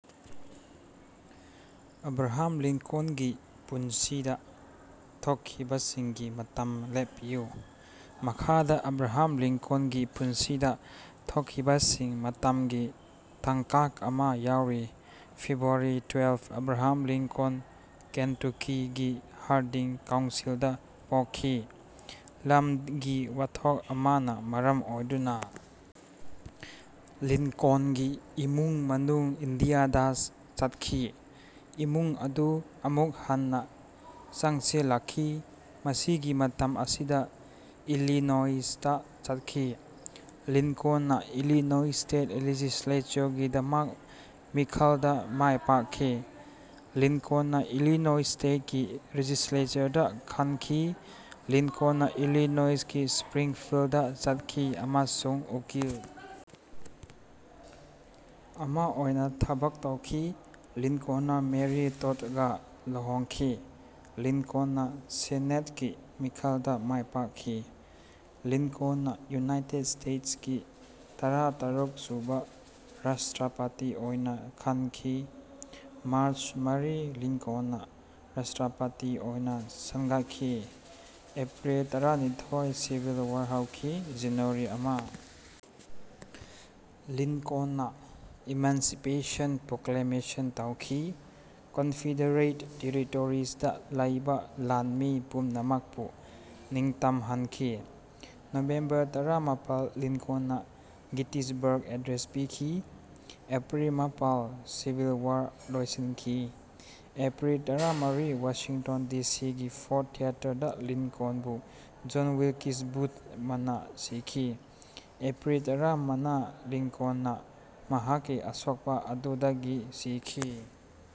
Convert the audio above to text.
Abraham ꯂꯤꯡꯀꯟꯒꯤ ꯄꯨꯟꯁꯤꯗ ꯊꯣꯛꯈꯤꯕ ꯁꯤꯡꯒꯤ ꯃꯇꯝ ꯂꯦꯞꯄꯤꯌꯨ꯫ ꯃꯈꯥꯗ ꯑꯕ꯭ꯔꯥꯍꯥꯝ ꯂꯤꯡꯀꯟꯒꯤ ꯄꯨꯟꯁꯤꯗ ꯊꯣꯛꯈꯤꯕ ꯃꯔꯨꯑꯣꯏꯕ ꯊꯧꯗꯣꯛꯁꯤꯡꯒꯤ ꯃꯇꯝꯒꯤ ꯇꯥꯡꯀꯛ ꯑꯃ ꯌꯥꯎꯔꯤ: ꯐꯦꯕ꯭ꯔꯨꯋꯥꯔꯤ ꯇꯔꯥꯅꯤꯊꯣꯏ, ꯑꯦꯕ꯭ꯔꯥꯍꯥꯝ ꯂꯤꯡꯀꯟ ꯀꯦꯟꯇꯨꯀꯤꯒꯤ ꯍꯥꯔꯗꯤꯟ ꯀꯥꯎꯟꯁꯤꯜꯗ ꯄꯣꯛꯈꯤ꯫ ꯂꯝꯒꯤ ꯋꯥꯊꯣꯛ ꯑꯃꯅ ꯃꯔꯝ ꯑꯣꯏꯗꯨꯅ ꯂꯤꯡꯀꯟꯒꯤ ꯏꯃꯨꯡ ꯃꯅꯨꯡ ꯏꯟꯗꯤꯌꯥꯗ ꯆꯠꯈꯤ꯫ ꯏꯃꯨꯡ ꯑꯗꯨ ꯑꯃꯨꯛ ꯍꯟꯅ ꯆꯪꯁꯤꯜꯂꯛꯈꯤ, ꯃꯁꯤꯒꯤ ꯃꯇꯝ ꯑꯁꯤꯗ ꯏꯂꯤꯅꯣꯁꯇ ꯆꯠꯈꯤ꯫ ꯂꯤꯡꯀꯟꯅ ꯏꯂꯤꯅꯣꯏꯁ ꯁ꯭ꯇꯦꯠ ꯂꯦꯖꯤꯁꯂꯦꯆꯔꯒꯤꯗꯃꯛ ꯃꯤꯈꯜꯗ ꯃꯥꯏ ꯄꯥꯛꯈꯤ꯫ ꯂꯤꯡꯀꯟꯅ ꯏꯂꯤꯅꯣꯁ ꯁ꯭ꯇꯦꯠꯀꯤ ꯂꯦꯖꯤꯁꯂꯦꯆꯔꯗ ꯈꯟꯈꯤ꯫ ꯂꯤꯡꯀꯟꯅ ꯏꯂꯤꯅꯣꯁꯀꯤ ꯁ꯭ꯄꯔꯤꯡꯐꯤꯜꯗꯗ ꯆꯠꯈꯤ ꯑꯃꯁꯨꯡ ꯎꯀꯤꯜ ꯑꯃ ꯑꯣꯏꯅ ꯊꯕꯛ ꯇꯧꯈꯤ꯫ ꯂꯤꯡꯀꯟꯅ ꯃꯦꯔꯤ ꯇꯣꯗꯒ ꯂꯨꯍꯣꯡꯈꯤ꯫ ꯂꯤꯡꯀꯟꯅ ꯁꯦꯅꯦꯠꯀꯤ ꯃꯤꯈꯜꯗ ꯃꯥꯏ ꯄꯥꯛꯈꯤ꯫ ꯂꯤꯡꯀꯟꯅ ꯌꯨꯅꯥꯏꯇꯦꯗ ꯁ꯭ꯇꯦꯇꯁꯀꯤ ꯇꯔꯥꯇꯔꯨꯛꯁꯨꯕ ꯔꯥꯁꯇ꯭ꯔꯄꯇꯤ ꯑꯣꯏꯅ ꯈꯟꯈꯤ꯫ ꯃꯥꯔꯆ ꯃꯔꯤ, ꯂꯤꯡꯀꯟꯅ ꯔꯥꯁꯇ꯭ꯔꯄꯇꯤ ꯑꯣꯏꯅ ꯁꯪꯒꯥꯈꯤ꯫ ꯑꯦꯄ꯭ꯔꯤꯜ ꯇꯔꯥꯅꯤꯊꯣꯏ, ꯁꯤꯚꯤꯜ ꯋꯥꯔ ꯍꯧꯈꯤ꯫ ꯖꯅꯨꯋꯥꯔꯤ ꯑꯃ, ꯂꯤꯡꯀꯟꯅ ꯏꯃꯥꯟꯁꯤꯄꯦꯁꯟ ꯄ꯭ꯔꯣꯀ꯭ꯂꯥꯃꯦꯁꯟ ꯊꯣꯛꯈꯤ, ꯀꯟꯐꯦꯗ꯭ꯔꯦꯠ ꯇꯦꯔꯤꯇꯣꯔꯤꯁꯤꯡꯗ ꯂꯩꯕ ꯂꯥꯟꯃꯤ ꯄꯨꯝꯅꯃꯛꯄꯨ ꯅꯤꯡꯇꯝꯍꯟꯈꯤ꯫ ꯅꯕꯦꯝꯕꯔ ꯇꯔꯥꯃꯥꯄꯜ, ꯂꯤꯡꯀꯟꯅ ꯒꯦꯇꯤꯁꯕꯔꯒ ꯑꯦꯗ꯭ꯔꯦꯁ ꯄꯤꯈꯤ꯫ ꯑꯦꯄ꯭ꯔꯤꯜ ꯃꯥꯄꯜ, ꯁꯤꯚꯤꯜ ꯋꯥꯔ ꯂꯣꯏꯁꯤꯟꯈꯤ꯫ ꯑꯦꯄ꯭ꯔꯤꯜ ꯇꯔꯥꯃꯔꯤ, ꯋꯥꯁꯤꯡꯇꯟ ꯗꯤ ꯁꯤ ꯒꯤ ꯐꯣꯔꯗ ꯊꯤꯌꯦꯇꯔꯗ ꯂꯤꯡꯀꯟꯕꯨ ꯖꯣꯟꯁ ꯋꯤꯜꯀꯦꯁ ꯃꯅꯥ ꯁꯤꯈꯤ꯫ ꯑꯦꯞꯔꯤꯜ ꯇꯔꯥꯃꯉꯥ, ꯂꯤꯡꯀꯟꯅ ꯃꯍꯥꯛꯀꯤ ꯑꯁꯣꯛꯄ ꯑꯗꯨꯗꯒꯤ ꯁꯤꯈꯤ꯫